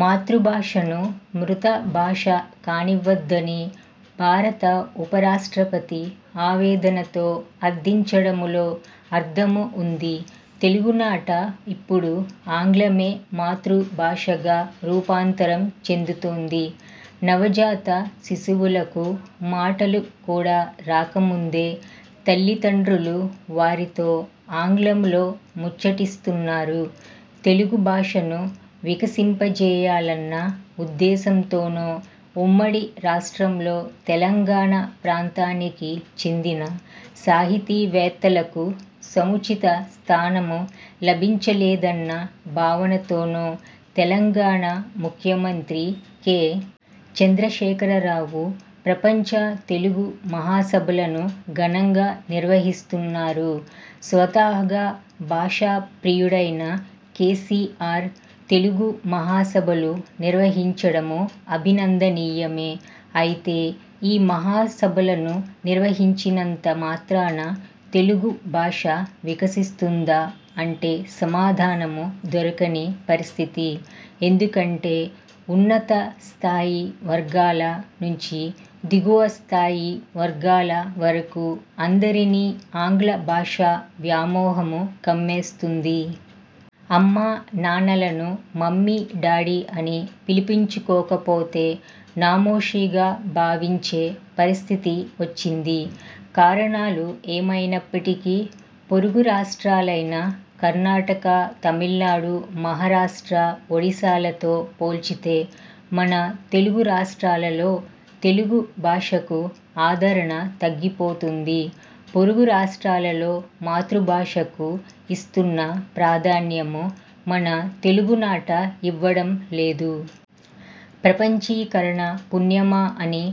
మాతృ భాషను మృత భాష కానివ్వొద్దని భారత ఉప రాష్ట్రపతి ఆవేదనతో అర్థించడంలో అర్థం ఉంది. తెలుగునాట ఇప్పుడు ఆంగ్లమే మాతృ భాషగా రూపాంతరం చెందుతోంది. నవజాత శిశువులకు మాటలు కూడా రాకముందే తల్లిదండ్రులు వారితో ఆంగ్లంలో ముచ్చటిస్తున్నారు. తెలుగు భాషను వికసింపజేయాలన్న ఉద్దేశంతోనో, ఉమ్మడి రాష్ట్రంలో తెలంగాణ ప్రాంతానికి చెందిన సాహితీవేత్తలకు సముచిత స్థానం లభించలేదన్న భావనతోనో తెలంగాణ ముఖ్యమంత్రి కె. చంద్రశేఖరరావు ప్రపంచ తెలుగు మహాసభలను ఘనంగా నిర్వహిస్తున్నారు. స్వతహాగా భాషా ప్రియుడైన కేసీఆర్, తెలుగు మహాసభలు నిర్వహించడం అభినందనీయమే. అయితే ఈ మహాసభలను నిర్వహించినంత మాత్రాన తెలుగు భాష వికసిస్తుందా? అంటే సమాధానం దొరకని పరిస్థితి. ఎందుకంటే ఉన్నత స్థాయి వర్గాల నుంచి దిగువ స్థాయి వర్గాల వరకు అందరినీ ఆంగ్ల భాషా వ్యామోహం కమ్మేస్తోంది. అమ్మా నాన్నలను మమ్మీ, డాడీ అని పిలిపించుకోకపోతే నామోషీగా భావించే పరిస్థితి వచ్చింది. కారణాలు ఏమైనప్పటికీ పొరుగు రాష్ర్టాలైన కర్ణాటక, తమిళనాడు, మహారాష్ట్ర, ఒడిసాలతో పోల్చితే మన తెలుగు రాష్ర్టాలలో తెలుగు భాషకు ఆదరణ తగ్గిపోతోంది. పొరుగు రాష్ర్టాలలో మాతృ భాషకు ఇస్తున్న ప్రాధాన్యం మన తెలుగునాట ఇవ్వడం లేదు. ప్రపంచీకరణ పుణ్యమా అని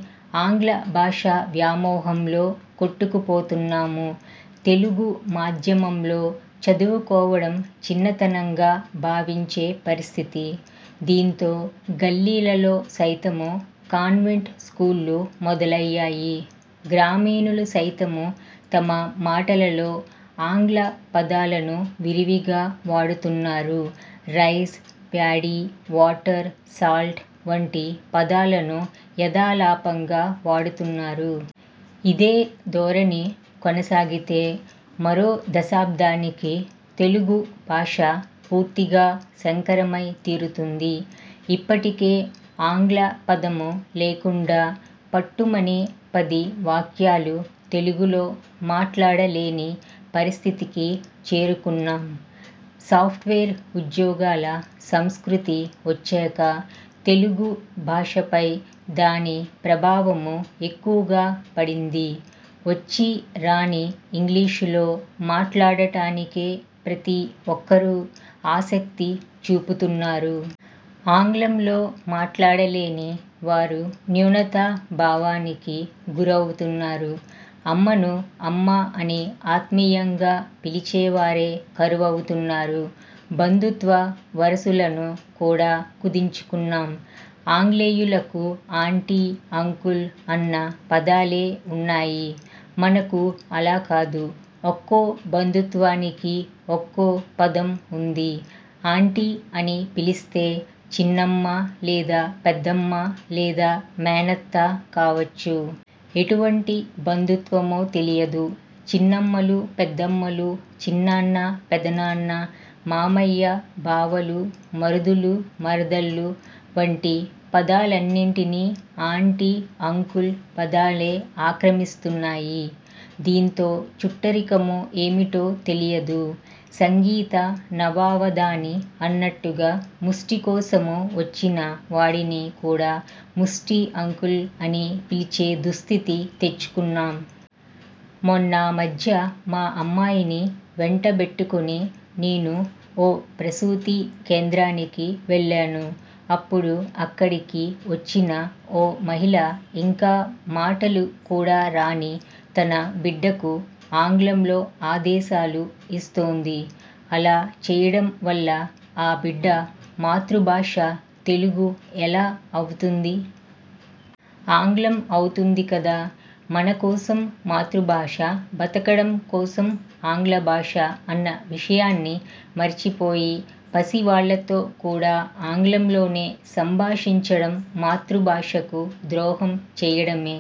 ఆంగ్ల భాషా వ్యామోహంలో కొట్టుకుపోతున్నాం. తెలుగు మాధ్యమంలో చదువుకోవడం చిన్నతనంగా భావించే పరిస్థితి. దీంతో గల్లీలలో సైతం కాన్వెంట్ స్కూళ్లు మొదలయ్యాయి. గ్రామీణులు సైతం తమ మాటలలో ఆంగ్ల పదాలను విరివిగా వాడుతున్నారు. రైస్, ప్యాడీ, వాటర్, సాల్ట్ వంటి పదాలను యథాలాపంగా వాడుతున్నారు. ఇదే ధోరణి కొనసాగితే మరో దశాబ్దానికి తెలుగు భాష పూర్తిగా సంకరమై తీరుతుంది. ఇప్పటికే ఆంగ్ల పదం లేకుండా పట్టుమని పది వాక్యాలు తెలుగులో మాట్లాడలేని పరిస్థితికి చేరుకున్నాం. సాఫ్ట్వేర్ ఉద్యోగాల సంస్కృతి వచ్చాక తెలుగు భాషపై దాని ప్రభావం ఎక్కువగా పడింది. వచ్చీ రాని ఇంగ్లీషులో మాట్లాడటానికే ప్రతి ఒక్కరూ ఆసక్తి చూపుతున్నారు. ఆంగ్లంలో మాట్లాడలేని వారు న్యూనతా భావానికి గురవుతున్నారు. అమ్మను అమ్మ అని ఆత్మీయంగా పిలిచేవారే కరువవుతున్నారు. బంధుత్వ వరుసలను కూడా కుదించుకున్నాం. ఆంగ్లేయులకు ఆంటీ, అంకుల్ అన్న పదాలే ఉన్నాయి. మనకు అలా కాదు. ఒక్కో బంధుత్వానికీ ఒక్కో పదం ఉంది. ఆంటీ అని పిలిస్తే చిన్నమ్మ లేదా పెద్దమ్మ లేదా మేనత్త కావచ్చు. ఎటువంటి బంధుత్వమో తెలియదు. చిన్నమ్మలు, పెద్దమ్మలు, చిన్నాన్న, పెదనాన్న, మామయ్య, బావలు, మరుదులు, మరదళ్లు వంటి పదాలన్నింటినీ ఆంటీ, అంకుల్ పదాలే ఆక్రమిస్తున్నాయి. దీంతో చుట్టరికం ఏమిటో తెలియదు. సంగీత నవావధాని అన్నట్టుగా ముష్టి కోసం వచ్చిన వాడిని కూడా ముష్టి అంకుల్ అని పిలిచే దుస్థితి తెచ్చుకున్నాం. మొన్నామధ్య మా అమ్మాయిని వెంటబెట్టుకుని నేను ఓ ప్రసూతి కేంద్రానికి వెళ్లాను. అప్పుడు అక్కడికి వచ్చిన ఓ మహిళ ఇంకా మాటలు కూడా రాని తన బిడ్డకు ఆంగ్లంలో ఆదేశాలు ఇస్తోంది. అలా చేయడం వల్ల ఆ బిడ్డ మాతృ భాష తెలుగు ఎలా అవుతుంది? ఆంగ్లం అవుతుంది కదా? మన కోసం మాతృభాష– బతకడం కోసం ఆంగ్ల భాష అన్న విషయాన్ని మరిచిపోయి పసివాళ్లతో కూడా ఆంగ్లంలోనే సంభాషించడం మాతృ భాషకు ద్రోహం చేయడమే.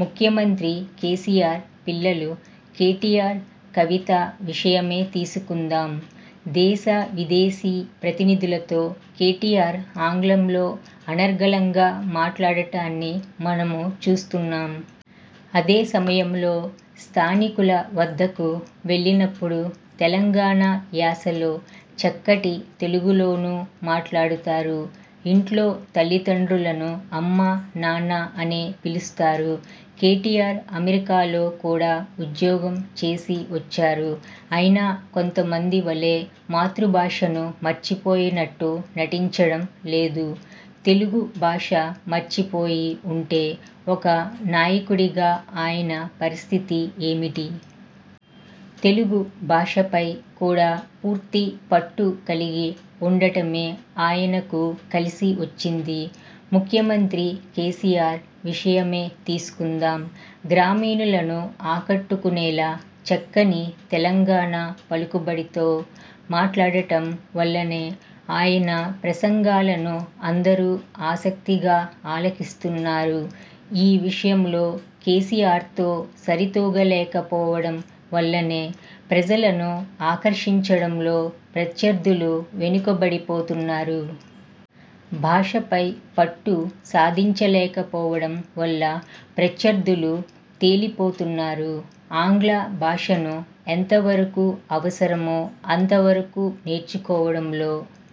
ముఖ్యమంత్రి కేసీఆర్ పిల్లలు కేటీఆర్, కవిత విషయమే తీసుకుందాం. దేశ, విదేశీ ప్రతినిధులతో కేటీఆర్ ఆంగ్లంలో అనర్గళంగా మాట్లాడటాన్ని మనం చూస్తున్నాం. అదే సమయంలో స్థానికుల వద్దకు వెళ్లినప్పుడు తెలంగాణ యాసలో చక్కటి తెలుగులోనూ మాట్లాడతారు. ఇంట్లో తల్లిదండ్రులను అమ్మ, నాన్న అనే పిలుస్తారు. కేటీఆర్ అమెరికాలో కూడా ఉద్యోగం చేసి వచ్చారు. అయినా కొంతమంది వలె మాతృ భాషను మర్చిపోయినట్టు నటించడం లేదు. తెలుగు భాష మర్చిపోయి ఉంటే ఒక నాయకుడిగా ఆయన పరిస్థితి ఏమిటి? తెలుగు భాషపై కూడా పూర్తి పట్టు కలిగి ఉండటమే ఆయనకు కలిసి వచ్చింది. ముఖ్యమంత్రి కేసీఆర్ విషయమే తీసుకుందాం. గ్రామీణులను ఆకట్టుకునేలా చక్కని తెలంగాణ పలుకుబడితో మాట్లాడటం వల్లనే ఆయన ప్రసంగాలను అందరూ ఆసక్తిగా ఆలకిస్తున్నారు. ఈ విషయంలో కేసీఆర్తో సరితూగలేకపోవడం వల్లనే ప్రజలను ఆకర్షించడంలో ప్రత్యర్థులు వెనుకబడిపోతున్నారు. భాషపై పట్టు సాధించలేకపోవడం వల్ల ప్రత్యర్థులు తేలిపోతున్నారు. ఆంగ్ల భాషను ఎంతవరకు అవసరమో అంతవరకు నేర్చుకోవడంలో